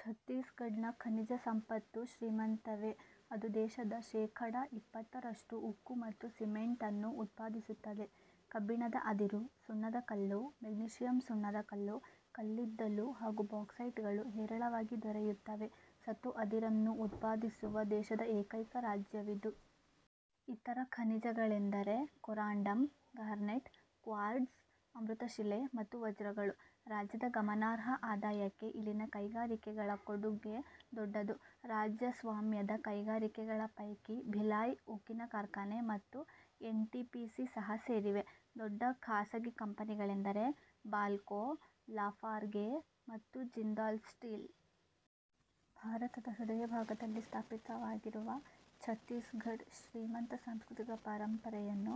ಛತ್ತೀಸ್ ಘಡ್ ನ ಖನಿಜ ಸಂಪತ್ತೂ ಶ್ರೀಮಂತವೇ. ಅದು ದೇಶದ ಶೇಖಡ ಇಪ್ಪತ್ತರಷ್ಟು ಉಕ್ಕು ಮತ್ತು ಸಿಮೆಂಟ್ ಅನ್ನು ಉತ್ಪಾದಿಸುತ್ತದೆ. ಕಬ್ಬಿಣದ ಅದಿರು, ಸುಣ್ಣದಕಲ್ಲು, ಮೆಗ್ನೀಶಿಯಮ್ ಸುಣ್ಣದ ಕಲ್ಲು, ಕಲ್ಲಿದ್ದಲು, ಹಾಗೂ ಬಾಕ್ಸೈಟ್ ಗಳು ಹೇರಳವಾಗಿ ದೊರೆಯುತ್ತವೆ. ಸತು ಅದಿರನ್ನು ಉತ್ಪಾದಿಸುವ ದೇಶದ ಏಕೈಕ ರಾಜ್ಯವಿದು. ಇತರ ಖನಿಜಗಳೆಂದರೆ ಕೊರಾಂಡಮ್, ಗಾರ್ನೆಟ್, ಕ್ವಾರ್ಟ್ಝ್, ಅಮೃತಶಿಲೆ ಮತ್ತು ವಜ್ರಗಳು. ರಾಜ್ಯದ ಗಮನಾರ್ಹ ಆದಾಯಕ್ಕೆ ಇಲ್ಲಿನ ಕೈಗಾರಿಕೆಗಳ ಕೊಡುಗೆ ದೊಡ್ಡದು. ರಾಜ್ಯ-ಸ್ವಾಮ್ಯದ ಕೈಗಾರಿಕೆಗಳ ಪೈಕಿ ಭಿಲಾಯ್ ಉಕ್ಕಿನ ಕಾರ್ಖಾನೆ ಮತ್ತು ಎನ್. ಟಿ. ಪಿ. ಸಿ. ಸಹ ಸೇರಿವೆ. ದೊಡ್ಡ ಖಾಸಗಿ ಕಂಪನಿಗಳೆಂದರೆ ಬಾಲ್ಕೋ, ಲಾಫಾರ್ಗೆ ಮತ್ತು ಜಿಂದಾಲ್ ಸ್ಟೀಲ್. ಭಾರತದ ಹೃದಯಭಾಗದಲ್ಲಿ ಸ್ಥಾಪಿತವಾಗಿರುವ ಛತ್ತೀಸ್ ಘಡ್ ಶ್ರೀಮಂತ ಸಾಂಸ್ಕೃತಿಕ ಪರಂಪರೆಯನ್ನೂ,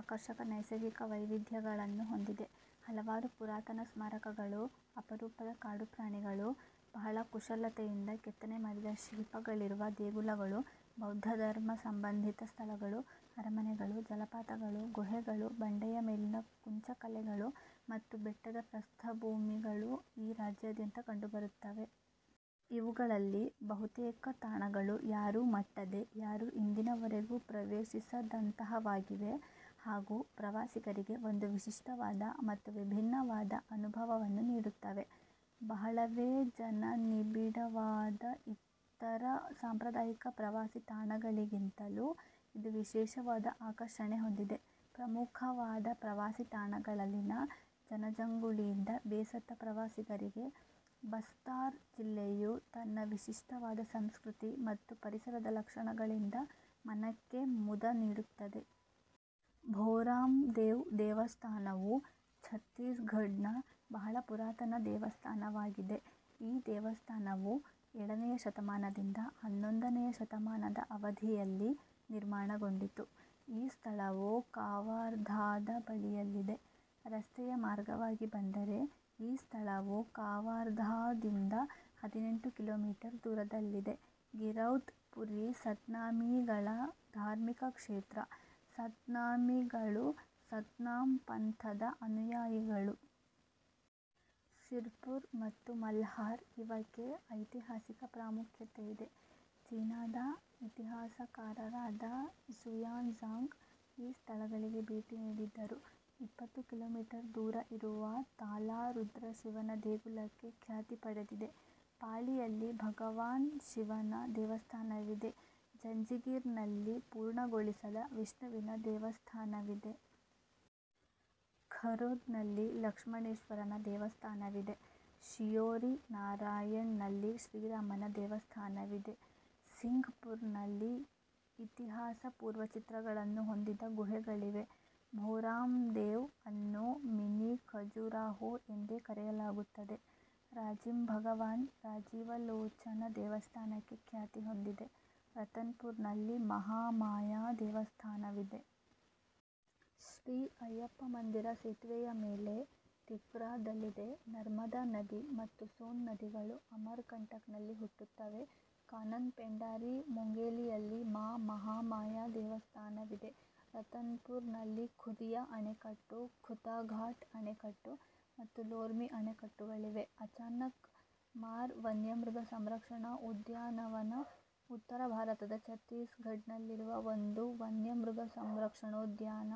ಆಕರ್ಷಕ ನೈಸರ್ಗಿಕ ವೈವಿಧ್ಯಗಳನ್ನೂ ಹೊಂದಿದೆ. ಹಲವಾರು ಪುರಾತನ ಸ್ಮಾರಕಗಳು, ಅಪರೂಪದ ಕಾಡುಪ್ರಾಣಿಗಳು, ಬಹಳ ಕುಶಲತೆಯಿಂದ ಕೆತ್ತನೆ ಮಾಡಿದ ಶಿಲ್ಪಗಳಿರುವ ದೇಗುಲಗಳು, ಬೌದ್ಧ ಧರ್ಮ ಸಂಬಂಧಿತ ಸ್ಥಳಗಳು, ಅರಮನೆಗಳು, ಜಲಪಾತಗಳು, ಗುಹೆಗಳು, ಬಂಡೆಯ ಮೇಲಿನ ಕುಂಚಕಲೆಗಳು ಮತ್ತು ಬೆಟ್ಟದ ಪ್ರಸ್ಥಭೂಮಿಗಳು ಈ ರಾಜ್ಯಾದ್ಯಂತ ಕಂಡುಬರುತ್ತವೆ. ಇವುಗಳಲ್ಲಿ ಬಹುತೇಕ ತಾಣಗಳು ಯಾರೂ ಮಟ್ಟದೆ, ಯಾರೂ ಇಂದಿನವರೆಗೂ ಪ್ರವೇಶಿಸದಂತಹವಾಗಿವೆ ಹಾಗೂ ಪ್ರವಾಸಿಗರಿಗೆ ಒಂದು ವಿಶಿಷ್ಟವಾದ ಮತ್ತು ವಿಭಿನ್ನವಾದ ಅನುಭವವನ್ನು ನೀಡುತ್ತವೆ; ಬಹಳವೇ ಜನನಿಬಿಡವಾದ ಇತರ ಸಾಂಪ್ರದಾಯಿಕ ಪ್ರವಾಸಿ ತಾಣಗಳಿಗಿಂತಲೂ ಇದು ವಿಶೇಷವಾದ ಆಕರ್ಷಣೆ ಹೊಂದಿದೆ. ಪ್ರಮುಖವಾದ ಪ್ರವಾಸಿ ತಾಣಗಳಲ್ಲಿನ ಜನಜಂಗುಳಿಯಿಂದ ಬೇಸತ್ತ ಪ್ರವಾಸಿಗರಿಗೆ ಬಸ್ತಾರ್ ಜಿಲ್ಲೆಯು ತನ್ನ ವಿಶಿಷ್ಟವಾದ ಸಂಸ್ಕೃತಿ ಮತ್ತು ಪರಿಸರದ ಲಕ್ಷಣಗಳಿಂದ ಮನಕ್ಕೆ ಮುದ ನೀಡುತ್ತದೆ. ಭೋರಾಮ್ ದೇವ್ ದೇವಸ್ಥಾನವೂ ಛತ್ತೀಸ್ ಘಡ್ ನ ಬಹಳ ಪುರಾತನ ದೇವಸ್ಥಾನವಾಗಿದೆ. ಈ ದೇವಸ್ಥಾನವು ಏಳನೆಯ ಶತಮಾನದಿಂದ ಹನ್ನೊಂದನೆಯ ಶತಮಾನದ ಅವಧಿಯಲ್ಲಿ ನಿರ್ಮಾಣಗೊಂಡಿತು. ಈ ಸ್ಥಳವು ಕವಾರ್ಧಾದ ಬಳಿಯಲ್ಲಿದೆ. ರಸ್ತೆಯ ಮಾರ್ಗವಾಗಿ ಬಂದರೆ ಈ ಸ್ಥಳವು ಕವಾರ್ಧಾದಿಂದ ಹದಿನೆಂಟು ಕಿಲೋಮೀಟರ್ ದೂರದಲ್ಲಿದೆ. ಗಿರೌಧ್ ಪುರಿ ಸತ್ನಾಮೀಗಳ ಧಾರ್ಮಿಕ ಕ್ಷೇತ್ರ; ಸತ್ನಾಮಿಗಳು ಸತ್ನಾಮ್ ಪಂಥದ ಅನುಯಾಯಿಗಳು. ಸಿರ್ ಪುರ್ ಮತ್ತು ಮಲ್ಹಾರ್ ಇವಕ್ಕೆ ಐತಿಹಾಸಿಕ ಪ್ರಾಮುಖ್ಯತೆಯಿದೆ; ಚೀನಾದ ಇತಿಹಾಸಕಾರರಾದ ಝುಯಾನ್ ಝಾಂಗ್ ಈ ಸ್ಥಳಗಳಿಗೆ ಭೇಟಿ ನೀಡಿದ್ದರು. ಇಪ್ಪತ್ತು ಕಿಲೋಮೀಟರ್ ದೂರ ಇರುವ ತಾಲಾ ರುದ್ರಶಿವನ ದೇಗುಲಕ್ಕೆ ಖ್ಯಾತಿ ಪಡೆದಿದೆ. ಪಾಳಿಯಲ್ಲಿ ಭಗವಾನ್ ಶಿವನ ದೇವಸ್ಥಾನವಿದೆ. ಜಂಜಿಗಿರ್ ನಲ್ಲಿ ಪೂರ್ಣಗೊಳಿಸದ ವಿಷ್ಣುವಿನ ದೇವಸ್ಥಾನವಿದೆ. ಖರೋದ್ ನಲ್ಲಿ ಲಕ್ಷ್ಮಣೇಶ್ವರನ ದೇವಸ್ಥಾನವಿದೆ. ಶಿಯೋರಿ ನಾರಾಯಣ್ ನಲ್ಲಿ ಶ್ರೀರಾಮನ ದೇವಸ್ಥಾನವಿದೆ ಸಿಂಘ್ ಪುರ್ ನಲ್ಲಿ ಇತಿಹಾಸ-ಪೂರ್ವ ಚಿತ್ರಗಳನ್ನು ಹೊಂದಿದ ಗುಹೆಗಳಿವೆ. ಭೋರಾಮ್ ದೇವ್ ಅನ್ನು ಮಿನಿ ಖಜುರಾಹೋ ಎಂದೇ ಕರೆಯಲಾಗುತ್ತದೆ ರಾಜಿಮ್ ಭಗವಾನ್ ರಾಜೀವ ಲೋಚನ ದೇವಸ್ಥಾನಕ್ಕೆ ಖ್ಯಾತಿಹೊಂದಿದೆ. ರತನ್ ಪುರ್ ನಲ್ಲಿ ಮಹಾಮಾಯಾ ದೇವಸ್ಥಾನವಿದೆ. ಶ್ರೀ ಅಯ್ಯಪ್ಪ ಮಂದಿರ ಸೇತುವೆಯ ಮೇಲೆ, ತಿಫ್ರಾದಲ್ಲಿದೆ ನರ್ಮದಾ ನದಿ ಮತ್ತು ಸೋನ್ ನದಿಗಳು ಅಮರ್ ಕಂಟಕ್ ನಲ್ಲಿ ಹುಟ್ಟುತ್ತವೆ ಕಾನನ್ ಪೆಂಡಾರಿ ಮುಂಗೇಲಿಯಲ್ಲಿ ಮಾ ಮಹಾಮಾಯಾ ದೇವಸ್ಥಾನವಿದೆ ರತನ್ ಪುರ್ ನಲ್ಲಿ ಖುದಿಯಾ ಅಣೆಕಟ್ಟು, ಖುತಾಘಾಟ್ ಅಣೆಕಟ್ಟು, ಮತ್ತು ಲೋರ್ಮಿ ಅಣೆಕಟ್ಟುಗಳಿವೆ ಅಚಾನಕ್ ಮಾರ್ ವನ್ಯಮೃಗ ಸಂರಕ್ಷಣಾ ಉದ್ಯಾನವನ ಉತ್ತರ ಭಾರತದ ಛತ್ತೀಸ್ ಘಡ್ ನಲ್ಲಿರುವ ಒಂದು ವನ್ಯಮೃಗ ಸಂರಕ್ಷಣೋದ್ಯಾನ.